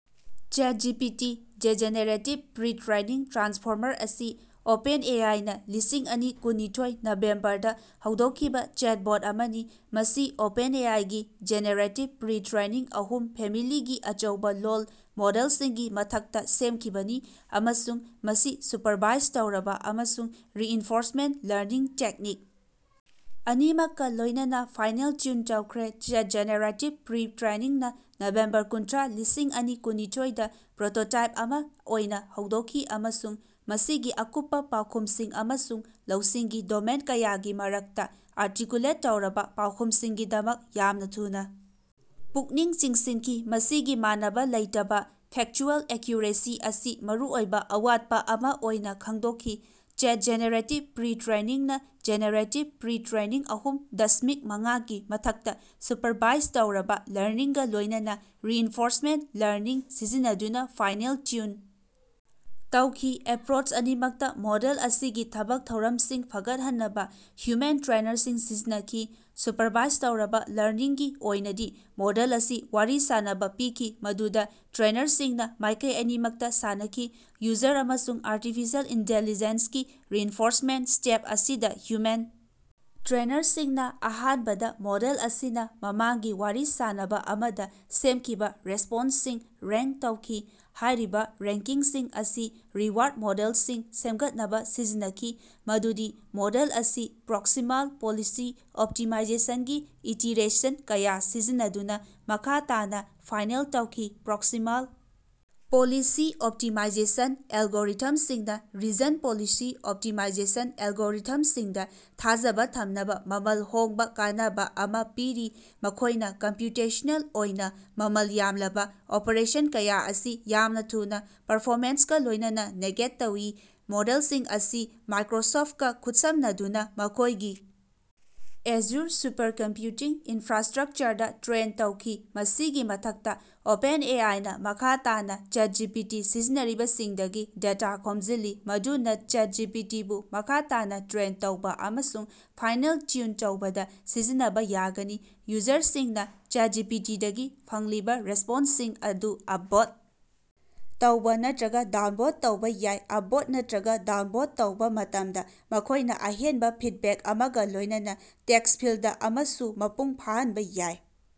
ChatGPT generative pre-training transformer ꯑꯁꯤ ꯑꯣꯄꯦꯟꯑꯦꯑꯥꯏꯅꯥ ꯂꯤꯁꯤꯡ ꯑꯅꯤ ꯀꯨꯟꯅꯤꯊꯣꯏ ꯅꯕꯦꯝꯕꯔꯗꯥ ꯍꯧꯗꯣꯛꯈꯤꯕꯥ ꯆꯦꯠꯕꯣꯠ ꯑꯃꯅꯤ꯫ ꯃꯁꯤ ꯑꯣꯄꯦꯟꯑꯦꯑꯥꯏꯒꯤ ꯖꯦꯅꯦꯔꯦꯇꯤꯕ ꯄ꯭ꯔꯤ ꯇ꯭ꯔꯦꯅꯤꯡ ꯑꯍꯨꯝ ꯐꯦꯃꯤꯂꯤꯒꯤ ꯑꯆꯧꯕꯥ ꯂꯣꯜ ꯃꯣꯗꯦꯜꯁꯤꯡꯒꯤ ꯃꯊꯛꯇꯥ ꯁꯦꯝꯈꯤꯕꯅꯤ ꯑꯃꯁꯨꯡ ꯃꯁꯤ ꯁꯨꯄꯔꯚꯥꯏꯖ ꯇꯧꯔꯕꯥ ꯑꯃꯁꯨꯡ ꯔꯤꯏꯟꯐꯣꯔꯁꯃꯦꯟꯠ ꯂꯔꯅꯤꯡ ꯇꯦꯛꯅꯤꯛ ꯑꯅꯤꯃꯛꯀꯥ ꯂꯣꯏꯅꯅꯥ ꯐꯥꯏꯅꯦꯜ ꯇ꯭ꯌꯨꯟ ꯇꯧꯈ꯭ꯔꯦ꯫ ꯆꯦꯠ ꯖꯦꯅꯦꯔꯦꯇꯤꯕ ꯄ꯭ꯔꯤ ꯇ꯭ꯔꯦꯅꯤꯡ ꯅꯥ ꯅꯕꯦꯝꯕꯔ ꯀꯨꯟꯊ꯭ꯔꯥ ꯂꯤꯁꯤꯡ ꯑꯅꯤ ꯀꯨꯟꯅꯤꯊꯣꯏꯗ ꯄ꯭ꯔꯣꯇꯣꯇꯥꯏꯄ ꯑꯃꯥ ꯑꯣꯏꯅꯥ ꯍꯧꯗꯣꯛꯈꯤ ꯑꯃꯁꯨꯡ ꯃꯁꯤꯒꯤ ꯑꯀꯨꯞꯄꯥ ꯄꯥꯎꯈꯨꯝꯁꯤꯡ ꯑꯃꯁꯨꯡ ꯂꯧꯁꯤꯡꯒꯤ ꯗꯣꯃꯦꯟ ꯀꯌꯥꯒꯤ ꯃꯔꯛꯇꯥ ꯑꯥꯔꯇꯤꯀꯨꯂꯦꯠ ꯇꯧꯔꯕꯥ ꯄꯥꯎꯈꯨꯝꯁꯤꯡꯒꯤꯗꯃꯛ ꯌꯥꯝꯅꯥ ꯊꯨꯅꯥ ꯄꯨꯛꯅꯤꯡ ꯆꯤꯡꯁꯤꯟꯈꯤ꯫ ꯃꯁꯤꯒꯤ ꯃꯥꯟꯅꯕꯥ ꯂꯩꯇꯕꯥ ꯐꯦꯛꯆꯨꯑꯦꯜ ꯑꯦꯀ꯭ꯌꯨꯔꯦꯁꯤ ꯑꯁꯤ ꯃꯔꯨꯑꯣꯏꯕ ꯑꯋꯥꯠꯄ ꯑꯃꯥ ꯑꯣꯏꯅꯥ ꯈꯪꯗꯣꯛꯈꯤ꯫ ꯆꯦꯠ ꯖꯦꯅꯦꯔꯦꯇꯤꯕ ꯄ꯭ꯔꯤ ꯇ꯭ꯔꯦꯅꯤꯡꯅ ꯖꯦꯅꯦꯔꯦꯇꯤꯕ ꯄ꯭ꯔꯤ ꯇ꯭ꯔꯦꯅꯤꯡ ꯑꯍꯨꯝ ꯗꯁꯃꯤꯛ ꯃꯉꯥꯒꯤ ꯃꯊꯛꯇꯥ ꯁꯨꯄꯔꯚꯥꯏꯖ ꯇꯧꯔꯕꯥ ꯂꯔꯅꯤꯡꯒꯥ ꯂꯣꯏꯅꯅꯥ ꯔꯤꯏꯟꯐꯣꯔꯁꯃꯦꯟꯠ ꯂꯔꯅꯤꯡ ꯁꯤꯖꯤꯟꯅꯗꯨꯅꯥ ꯐꯥꯏꯅꯦꯜ ꯇ꯭ꯌꯨꯟ ꯇꯧꯈꯤ꯫ ꯑꯦꯄ꯭ꯔꯣꯆ ꯑꯅꯤꯃꯛꯇꯥ ꯃꯣꯗꯦꯜ ꯑꯁꯤꯒꯤ ꯊꯕꯛ ꯊꯧꯔꯝꯁꯤꯡ ꯐꯒꯠꯍꯟꯅꯕꯥ ꯍ꯭ꯌꯨꯃꯦꯟ ꯇ꯭ꯔꯦꯅꯔꯁꯤꯡ ꯁꯤꯖꯤꯟꯅꯈꯤ꯫ ꯁꯨꯄꯔꯚꯥꯏꯖ ꯇꯧꯔꯕꯥ ꯂꯔꯅꯤꯡꯒꯤ ꯑꯣꯏꯅꯗꯤ ꯃꯣꯗꯦꯜ ꯑꯁꯤ ꯋꯥꯔꯤ ꯁꯥꯅꯕꯥ ꯄꯤꯈꯤ ꯃꯗꯨꯗꯥ ꯇ꯭ꯔꯦꯅꯔꯁꯤꯡꯅꯥ ꯃꯥꯏꯀꯩ ꯑꯅꯤꯃꯛꯇꯥ ꯁꯥꯟꯅꯈꯤ ꯌꯨꯖꯔ ꯑꯃꯁꯨꯡ ꯑꯥꯔꯇꯤꯐꯤꯁꯤꯑꯦꯜ ꯏꯟꯇꯤꯂꯤꯖꯦꯟꯁꯀꯤ ꯔꯤꯏꯟꯐꯣꯔꯁꯃꯦꯟꯠ ꯁ꯭ꯇꯦꯞ ꯑꯁꯤꯗꯥ ꯍ꯭ꯌꯨꯃꯦꯟ ꯇ꯭ꯔꯦꯅꯔꯁꯤꯡꯅꯥ ꯑꯍꯥꯟꯕꯗꯥ ꯃꯣꯗꯦꯜ ꯑꯁꯤꯅꯥ ꯃꯃꯥꯡꯒꯤ ꯋꯥꯔꯤ ꯁꯥꯅꯕꯥ ꯑꯃꯗꯥ ꯁꯦꯝꯈꯤꯕꯥ ꯔꯦꯁ꯭ꯄꯣꯟꯁꯁꯤꯡ ꯔꯦꯡꯛ ꯇꯧꯈꯤ꯫ ꯍꯥꯏꯔꯤꯕꯥ ꯔꯦꯡꯀꯤꯡꯁꯤꯡ ꯑꯁꯤ ꯔꯤꯋꯥꯔꯗ ꯃꯣꯗꯦꯜꯁꯤꯡ ꯁꯦꯝꯒꯠꯅꯕꯥ ꯁꯤꯖꯤꯟꯅꯈꯤ ꯃꯗꯨꯗꯤ ꯃꯣꯗꯦꯜ ꯑꯁꯤ ꯄ꯭ꯔꯣꯛꯁꯤꯃꯥꯜ ꯄꯣꯂꯤꯁꯤ ꯑꯣꯞꯇꯤꯃꯥꯏꯖꯦꯁꯟꯒꯤ ꯏꯇꯤꯔꯦꯁꯟ ꯀꯌꯥ ꯁꯤꯖꯤꯟꯅꯗꯨꯅꯥ ꯃꯈꯥ ꯇꯥꯅꯥ ꯐꯥꯏꯅꯦꯜ ꯇꯧꯈꯤ꯫ ꯄ꯭ꯔꯣꯛꯁꯤꯃꯥꯜ ꯄꯣꯂꯤꯁꯤ ꯑꯣꯞꯇꯤꯃꯥꯏꯖꯦꯁꯟ ꯑꯦꯜꯒꯣꯔꯤꯊꯝꯁꯤꯡꯅꯥ ꯔꯤꯖꯟ ꯄꯣꯂꯤꯁꯤ ꯑꯣꯞꯇꯤꯃꯥꯏꯖꯦꯁꯟ ꯑꯦꯜꯒꯣꯔꯤꯊꯝꯁꯤꯡꯗꯥ ꯊꯥꯖꯕꯥ ꯊꯝꯅꯕꯥ ꯃꯃꯜ ꯍꯣꯡꯕꯥ ꯀꯥꯟꯅꯕꯥ ꯑꯃꯥ ꯄꯤꯔꯤ ꯃꯈꯣꯏꯅꯥ ꯀꯝꯄ꯭ꯌꯨꯇꯦꯁꯅꯦꯜ ꯑꯣꯏꯅꯥ ꯃꯃꯜ ꯌꯥꯝꯂꯕꯥ ꯑꯣꯄꯔꯦꯁꯟ ꯀꯌꯥ ꯑꯁꯤ ꯌꯥꯝꯅꯥ ꯊꯨꯅꯥ ꯄꯔꯐꯣꯃꯦꯟꯁꯀꯥ ꯂꯣꯏꯅꯅꯥ ꯅꯦꯒꯦꯠ ꯇꯧꯏ꯫ ꯃꯣꯗꯦꯜꯁꯤꯡ ꯑꯁꯤ ꯃꯥꯏꯀ꯭ꯔꯣꯁꯣꯐꯀꯥ ꯈꯨꯠꯁꯝꯅꯗꯨꯅꯥ ꯃꯈꯣꯏꯒꯤ ꯑꯦꯖꯨꯔ ꯁꯨꯄꯔꯀꯝꯄ꯭ꯌꯨꯇꯤꯡ ꯏꯟꯐ꯭ꯔꯥꯟꯁꯇ꯭ꯔꯛꯆꯔꯗꯥ ꯇ꯭ꯔꯦꯟ ꯇꯧꯈꯤ꯫ ꯃꯁꯤꯒꯤ ꯃꯊꯛꯇꯥ ꯑꯣꯄꯦꯟꯑꯦ ꯑꯥꯏꯅꯥ ꯃꯈꯥ ꯇꯥꯅꯥ ꯆꯦꯠꯖꯤꯄꯤꯇꯤ ꯁꯤꯖꯤꯟꯅꯔꯤꯕꯁꯤꯡꯗꯒꯤ ꯗꯦꯇꯥ ꯈꯣꯝꯖꯤꯜꯂꯤ ꯃꯗꯨꯅꯥ ꯆꯦꯠꯖꯤꯄꯤꯇꯤꯕꯨ ꯃꯈꯥ ꯇꯥꯅꯥ ꯇ꯭ꯔꯦꯟ ꯇꯧꯕꯥ ꯑꯃꯁꯨꯡ ꯐꯥꯏꯅꯦꯜ ꯇ꯭ꯌꯨꯟ ꯇꯧꯕꯗꯥ ꯁꯤꯖꯤꯟꯅꯕꯥ ꯌꯥꯒꯅꯤ꯫ ꯌꯨꯖꯔꯁꯤꯡꯅꯥ ꯆꯦꯠꯖꯤꯄꯤꯇꯤꯗꯒꯤ ꯐꯪꯂꯤꯕꯥ ꯔꯦꯁꯄꯣꯟꯁꯁꯤꯡ ꯑꯗꯨ ꯑꯞꯚꯣꯠ ꯇꯧꯕꯥ ꯅꯠꯇ꯭ꯔꯒꯥ ꯗꯥꯎꯟꯚꯣꯠ ꯇꯧꯕꯥ ꯌꯥꯏ ꯑꯞꯚꯣꯠ ꯅꯠꯇ꯭ꯔꯒꯥ ꯗꯥꯎꯟꯚꯣꯠ ꯇꯧꯕꯥ ꯃꯇꯝꯗꯥ ꯃꯈꯣꯏꯅꯥ ꯑꯍꯦꯟꯕꯥ ꯐꯤꯗꯕꯦꯛ ꯑꯃꯒꯥ ꯂꯣꯏꯅꯅꯥ ꯇꯦꯛꯁ ꯐꯤꯜꯗ ꯑꯃꯁꯨ ꯃꯄꯨꯡ ꯐꯥꯍꯟꯕꯥ ꯌꯥꯏ꯫